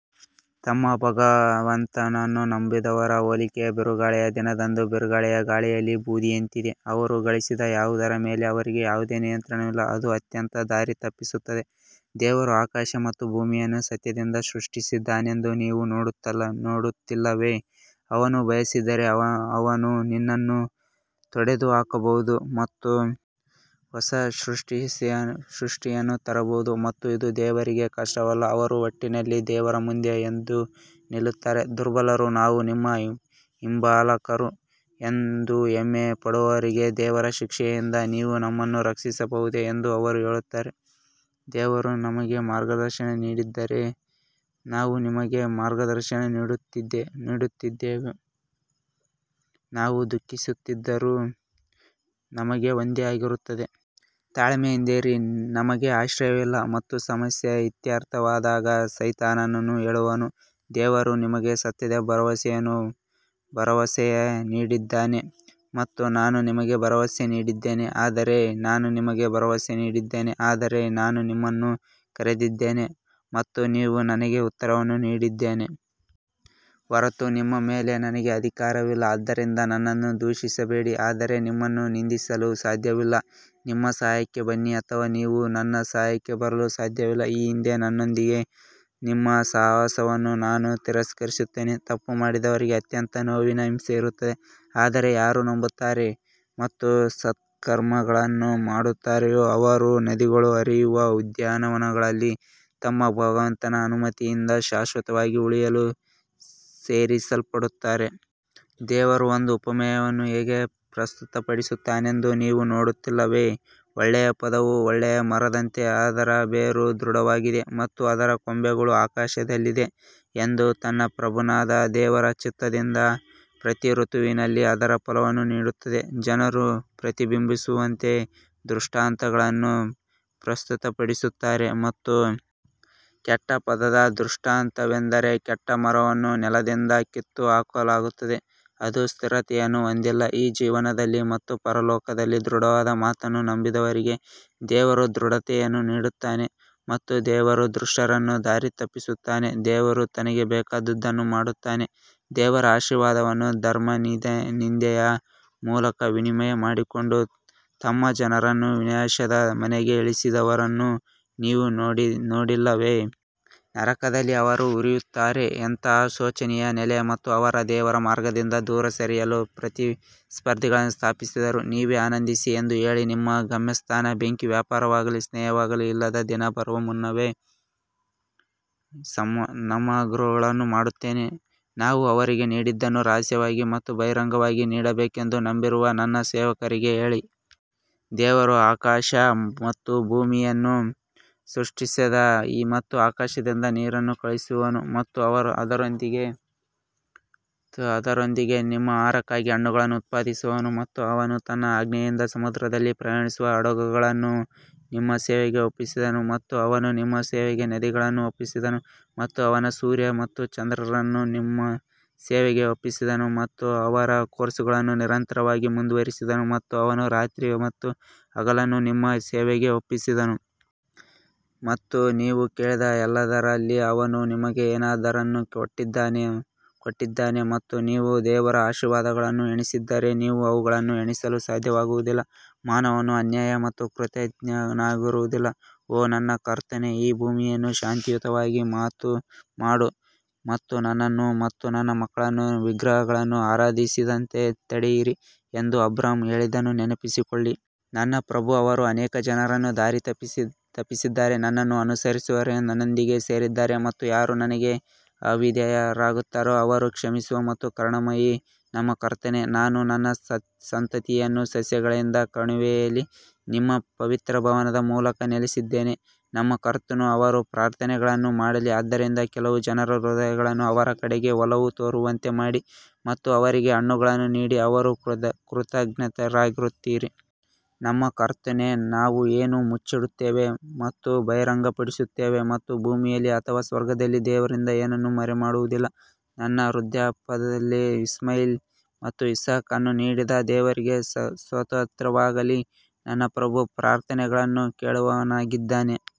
ತಮ್ಮ ಭಗವಂತನನ್ನು ನಂಬದವರ ಹೋಲಿಕೆಯು ಬಿರುಗಾಳಿಯ ದಿನದಂದು ಬಿರುಗಾಳಿಯ ಗಾಳಿಯಲ್ಲಿ ಬೂದಿಯಂತಿದೆ, ಅವರು ಗಳಿಸಿದ ಯಾವುದರ ಮೇಲೆ ಅವರಿಗೆ ಯಾವುದೇ ನಿಯಂತ್ರಣವಿಲ್ಲ ಅದು ಅತ್ಯಂತ ದಾರಿತಪ್ಪಿಸುತ್ತದೆ. ದೇವರು ಆಕಾಶ ಮತ್ತು ಭೂಮಿಯನ್ನು ಸತ್ಯದಿಂದ ಸೃಷ್ಟಿಸಿದ್ದಾನೆಂದು ನೀವು ನೋಡುತ್ತಿಲ್ಲವೇ, ಅವನು ಬಯಸಿದರೆ ಅವನು ನಿನ್ನನ್ನು ತೊಡೆದುಹಾಕಬಹುದು ಮತ್ತು ಹೊಸ ಸೃಷ್ಟಿಯನ್ನು ತರಬಹುದು ಮತ್ತು ಇದು ದೇವರಿಗೆ ಕಷ್ಟವಲ್ಲ ಅವರು ಒಟ್ಟಿನಲ್ಲಿ ದೇವರ ಮುಂದೆ ಎದ್ದು ನಿಲ್ಲುತ್ತಾರೆ ದುರ್ಬಲರು ನಾವು ನಿಮ್ಮ ಹಿಂಬಾಲಕರು ಎಂದು ಹೆಮ್ಮೆ ಪಡುವವರಿಗೆ ದೇವರ ಶಿಕ್ಷೆಯಿಂದ ನೀವು ನಮ್ಮನ್ನು ರಕ್ಷಿಸಬಹುದೇ ಎಂದು ಅವರು ಹೇಳುತ್ತಾರೆ ದೇವರು ನಮಗೆ ಮಾರ್ಗದರ್ಶನ ನೀಡಿದ್ದರೆ ನಾವು ನಿಮಗೆ ಮಾರ್ಗದರ್ಶನ ನೀಡುತ್ತಿದ್ದೆವು ನಾವು ದುಃಖಿಸಿದರೂ ನಮಗೆ ಒಂದೇ ಆಗಿರುತ್ತದೆ. ತಾಳ್ಮೆಯಿಂದಿರಿ ನಮಗೆ ಆಶ್ರಯವಿಲ್ಲ ಮತ್ತು ಸಮಸ್ಯೆ ಇತ್ಯರ್ಥವಾದಾಗ ಸೈತಾನನು ಹೇಳುವನು, ದೇವರು ನಿಮಗೆ ಸತ್ಯದ ಭರವಸೆಯನ್ನು ಭರವಸೆ ನೀಡಿದ್ದಾನೆ ಮತ್ತು ನಾನು ನಿಮಗೆ ಭರವಸೆ ನೀಡಿದ್ದೇನೆ ಆದರೆ ನಾನು ನಿಮಗೆ ಭರವಸೆ ನೀಡಿದ್ದೇನೆ ಆದರೆ ನಾನು ನಿಮ್ಮನ್ನು ಕರೆದಿದ್ದೇನೆ ಮತ್ತು ನೀವು ನನಗೆ ಉತ್ತರವನ್ನು ನೀಡಿದ್ದೇನೆ ಹೊರತು ನಿಮ್ಮ ಮೇಲೆ ನನಗೆ ಅಧಿಕಾರವಿಲ್ಲ ಆದ್ದರಿಂದ ನನ್ನನ್ನು ದೂಷಿಸಬೇಡಿ ಆದರೆ ನಿಮ್ಮನ್ನು ನಿಂದಿಸಲು ಸಾಧ್ಯವಿಲ್ಲ ನಿಮ್ಮ ಸಹಾಯಕ್ಕೆ ಬನ್ನಿ ಅಥವಾ ನೀವು ನನ್ನ ಸಹಾಯಕ್ಕೆ ಬರಲು ಸಾಧ್ಯವಿಲ್ಲ ಈ ಹಿಂದೆ ನನ್ನೊಂದಿಗೆ ನಿಮ್ಮ ಸಹವಾಸವನ್ನು ನಾನು ತಿರಸ್ಕರಿಸುತ್ತೇನೆ ತಪ್ಪು ಮಾಡಿದವರಿಗೆ ಅತ್ಯಂತ ನೋವಿನ ಹಿಂಸೆ ಇರುತ್ತದೆ ಆದರೆ ಯಾರು ನಂಬುತ್ತಾರೆ ಮತ್ತು ಸತ್ಕರ್ಮಗಳನ್ನು ಮಾಡುತ್ತಾರೆಯೋ ಅವರು ನದಿಗಳು ಹರಿಯುವ ಉದ್ಯಾನವನಗಳಲ್ಲಿ ತಮ್ಮ ಭಗವಂತನ ಅನುಮತಿಯಿಂದ ಶಾಶ್ವತವಾಗಿ ಉಳಿಯಲು ಸೇರಿಸಲ್ಪಡುತ್ತಾರೆ. ದೇವರು ಒಂದು ಉಪಮೆಯನ್ನು ಹೇಗೆ ಪ್ರಸ್ತುತಪಡಿಸುತ್ತಾನೆಂದು ನೀವು ನೋಡುತ್ತಿಲ್ಲವೇ, ಒಳ್ಳೆಯ ಪದವು ಒಳ್ಳೆಯ ಮರದಂತೆ ಅದರ ಬೇರು ದೃಢವಾಗಿದೆ ಮತ್ತು ಅದರ ಕೊಂಬೆಗಳು ಆಕಾಶದಲ್ಲಿದೆ ಅದು ತನ್ನ ಪ್ರಭುವಾದ ದೇವರ ಚಿತ್ತದಿಂದ ಪ್ರತಿ ಋತುವಿನಲ್ಲಿ ಅದರ ಫಲವನ್ನು ನೀಡುತ್ತದೆ, ಜನರು ಪ್ರತಿಬಿಂಬಿಸುವಂತೆ ದೃಷ್ಟಾಂತಗಳನ್ನು ಪ್ರಸ್ತುತಪಡಿಸುತ್ತಾರೆ ಮತ್ತು ಕೆಟ್ಟ ಪದದ ದೃಷ್ಟಾಂತವೆಂದರೆ ಕೆಟ್ಟ ಮರವನ್ನು ನೆಲದಿಂದ ಕಿತ್ತುಹಾಕಲಾಗುತ್ತದೆ, ಅದು ಸ್ಥಿರತೆಯನ್ನು ಹೊಂದಿಲ್ಲ ಈ ಜೀವನದಲ್ಲಿ ಮತ್ತು ಪರಲೋಕದಲ್ಲಿ ದೃಢವಾದ ಮಾತನ್ನು ನಂಬುವವರಿಗೆ ದೇವರು ದೃಢತೆಯನ್ನು ನೀಡುತ್ತಾನೆ ಮತ್ತು ದೇವರು ದುಷ್ಟರನ್ನು ದಾರಿತಪ್ಪಿಸುತ್ತಾನೆ ದೇವರು ತನಗೆ ಬೇಕಾದುದನ್ನು ಮಾಡುತ್ತಾನೆ ದೇವರ ಆಶೀರ್ವಾದವನ್ನು ಧರ್ಮನಿಂದೆಯ ಮೂಲಕ ವಿನಿಮಯ ಮಾಡಿಕೊಂಡು ತಮ್ಮ ಜನರನ್ನು ವಿನಾಶದ ಮನೆಗೆ ಇಳಿಸಿದವರನ್ನು ನೀವು ನೋಡಿಲ್ಲವೇ? ನರಕದಲ್ಲಿ ಅವರು ಹುರಿಯುತ್ತಾರೆ ಎಂತಹ ಶೋಚನೀಯ ನೆಲೆ ಮತ್ತು ಅವರು ದೇವರ ಮಾರ್ಗದಿಂದ ದೂರ ಸರಿಯಲು ಪ್ರತಿಸ್ಪರ್ಧಿಗಳನ್ನು ಸ್ಥಾಪಿಸಿದರು, ನೀವೇ ಆನಂದಿಸಿ ಎಂದು ಹೇಳಿ ನಿಮ್ಮ ಗಮ್ಯಸ್ಥಾನ ಬೆಂಕಿ ವ್ಯಾಪಾರವಾಗಲಿ, ಸ್ನೇಹವಾಗಲಿ ಇಲ್ಲದ ದಿನ ಬರುವ ಮುನ್ನವೇ ನಮಾಝ್ಗಳನ್ನು ಮಾಡುತ್ತೇನೆ ಮತ್ತು ನಾವು ಅವರಿಗೆ ನೀಡಿದ್ದನ್ನು ರಹಸ್ಯವಾಗಿ ಮತ್ತು ಬಹಿರಂಗವಾಗಿ ನೀಡಬೇಕೆಂದು ನಂಬಿರುವ ನನ್ನ ಸೇವಕರಿಗೆ ಹೇಳಿ. ದೇವರು ಆಕಾಶ ಮತ್ತು ಭೂಮಿಯನ್ನು ಸೃಷ್ಟಿಸಿದ ಮತ್ತು ಆಕಾಶದಿಂದ ನೀರನ್ನು ಕಳುಹಿಸುವವನು ಮತ್ತು ಅದರೊಂದಿಗೆ ನಿಮ್ಮ ಆಹಾರಕ್ಕಾಗಿ ಹಣ್ಣುಗಳನ್ನು ಉತ್ಪಾದಿಸುವವನು ಮತ್ತು ಅವನು ತನ್ನ ಆಜ್ಞೆಯಿಂದ ಸಮುದ್ರದಲ್ಲಿ ಪ್ರಯಾಣಿಸುವ ಹಡಗುಗಳನ್ನು ನಿಮ್ಮ ಸೇವೆಗೆ ಒಪ್ಪಿಸಿದನು ಮತ್ತು ಅವನು ನಿಮ್ಮ ಸೇವೆಗೆ ನದಿಗಳನ್ನು ಒಪ್ಪಿಸಿದನು. ಮತ್ತು ಅವನು ಸೂರ್ಯ ಮತ್ತು ಚಂದ್ರರನ್ನು ನಿಮ್ಮ ಸೇವೆಗೆ ಒಪ್ಪಿಸಿದನು ಮತ್ತು ಅವರ ಕೋರ್ಸ್ಗಳನ್ನು ನಿರಂತರವಾಗಿ ಮುಂದುವರಿಸಿದನು ಮತ್ತು ಅವನು ರಾತ್ರಿ ಮತ್ತು ಹಗಲನ್ನು ನಿಮ್ಮ ಸೇವೆಗೆ ಒಪ್ಪಿಸಿದನು. ಮತ್ತು ನೀವು ಕೇಳಿದ ಎಲ್ಲದರಲ್ಲಿ ಅವನು ನಿಮಗೆ ಏನನ್ನಾದರೂ ಕೊಟ್ಟಿದ್ದಾನೆ ಮತ್ತು ನೀವು ದೇವರ ಆಶೀರ್ವಾದಗಳನ್ನು ಎಣಿಸಿದರೆ ನೀವು ಅವುಗಳನ್ನು ಎಣಿಸಲು ಸಾಧ್ಯವಾಗುವುದಿಲ್ಲ ಮಾನವನು ಅನ್ಯಾಯ ಮತ್ತು ಕೃತಜ್ಞನಾಗಿರುವುದಿಲ್ಲ ಓ ನನ್ನ ಕರ್ತನೇ ಈ ಭೂಮಿಯನ್ನು ಶಾಂತಿಯುತವಾಗಿ ಮಾಡು ಮತ್ತು ನನ್ನನ್ನು ಮತ್ತು ನನ್ನ ಮಕ್ಕಳನ್ನು ವಿಗ್ರಹಗಳನ್ನು ಆರಾಧಿಸದಂತೆ ತಡೆಯಿರಿ ಎಂದು ಅಬ್ರಹಾಂ ಹೇಳಿದ್ದನ್ನು ನೆನಪಿಸಿಕೊಳ್ಳಿ. ನನ್ನ ಪ್ರಭೂ ಅವರು ಅನೇಕ ಜನರನ್ನು ದಾರಿ ತಪ್ಪಿಸಿದ್ದಾರೆ ನನ್ನನ್ನು ಅನುಸರಿಸುವವರು ನನ್ನೊಂದಿಗೆ ಸೇರಿದ್ದಾರೆ ಮತ್ತು ಯಾರು ನನಗೆ ಅವಿಧೇಯರಾಗುತ್ತಾರೋ ಅವರು ಕ್ಷಮಿಸುವ ಮತ್ತು ಕರುಣಾಮಯಿ ನಮ್ಮ ಕರ್ತನೇ ನಾನು ನನ್ನ ಸಂತತಿಯನ್ನು ಸಸ್ಯಗಳಿಲ್ಲದ ಕಣಿವೆಯಲ್ಲಿ ನಿಮ್ಮ ಪವಿತ್ರ ಭವನದ ಮೂಲಕ ನೆಲೆಸಿದ್ದೇನೆ ನಮ್ಮ ಕರ್ತನು ಅವರು ಪ್ರಾರ್ಥನೆಗಳನ್ನು ಮಾಡಲಿ, ಆದ್ದರಿಂದ ಕೆಲವು ಜನರ ಹೃದಯಗಳನ್ನು ಅವರ ಕಡೆಗೆ ಒಲವು ತೋರುವಂತೆ ಮಾಡಿ ಮತ್ತು ಅವರಿಗೆ ಹಣ್ಣುಗಳನ್ನು ನೀಡಿ ಅವರು ಕೃತಜ್ಞರಾಗಿರುತ್ತೀರಿ. ನಮ್ಮ ಕರ್ತನೇ, ನಾವು ಏನು ಮುಚ್ಚಿಡುತ್ತೇವೆ ಮತ್ತು ಬಹಿರಂಗಪಡಿಸುತ್ತೇವೆ ಮತ್ತು ಭೂಮಿಯಲ್ಲಿ ಅಥವಾ ಸ್ವರ್ಗದಲ್ಲಿ ದೇವರಿಂದ ಏನನ್ನೂ ಮರೆಮಾಡುವುದಿಲ್ಲ ನನ್ನ ವೃದ್ಧಾಪ್ಯದಲ್ಲಿ ಇಸ್ಮಾಯಿಲ್ ಮತ್ತು ಇಸಾಕ್ ಅನ್ನು ನೀಡಿದ ದೇವರಿಗೆ ಸ್ತೋತ್ರವಾಗಲಿ, ನನ್ನ ಪ್ರಭು ಪ್ರಾರ್ಥನೆಗಳನ್ನು ಕೇಳುವವನಾಗಿದ್ದಾನೆ.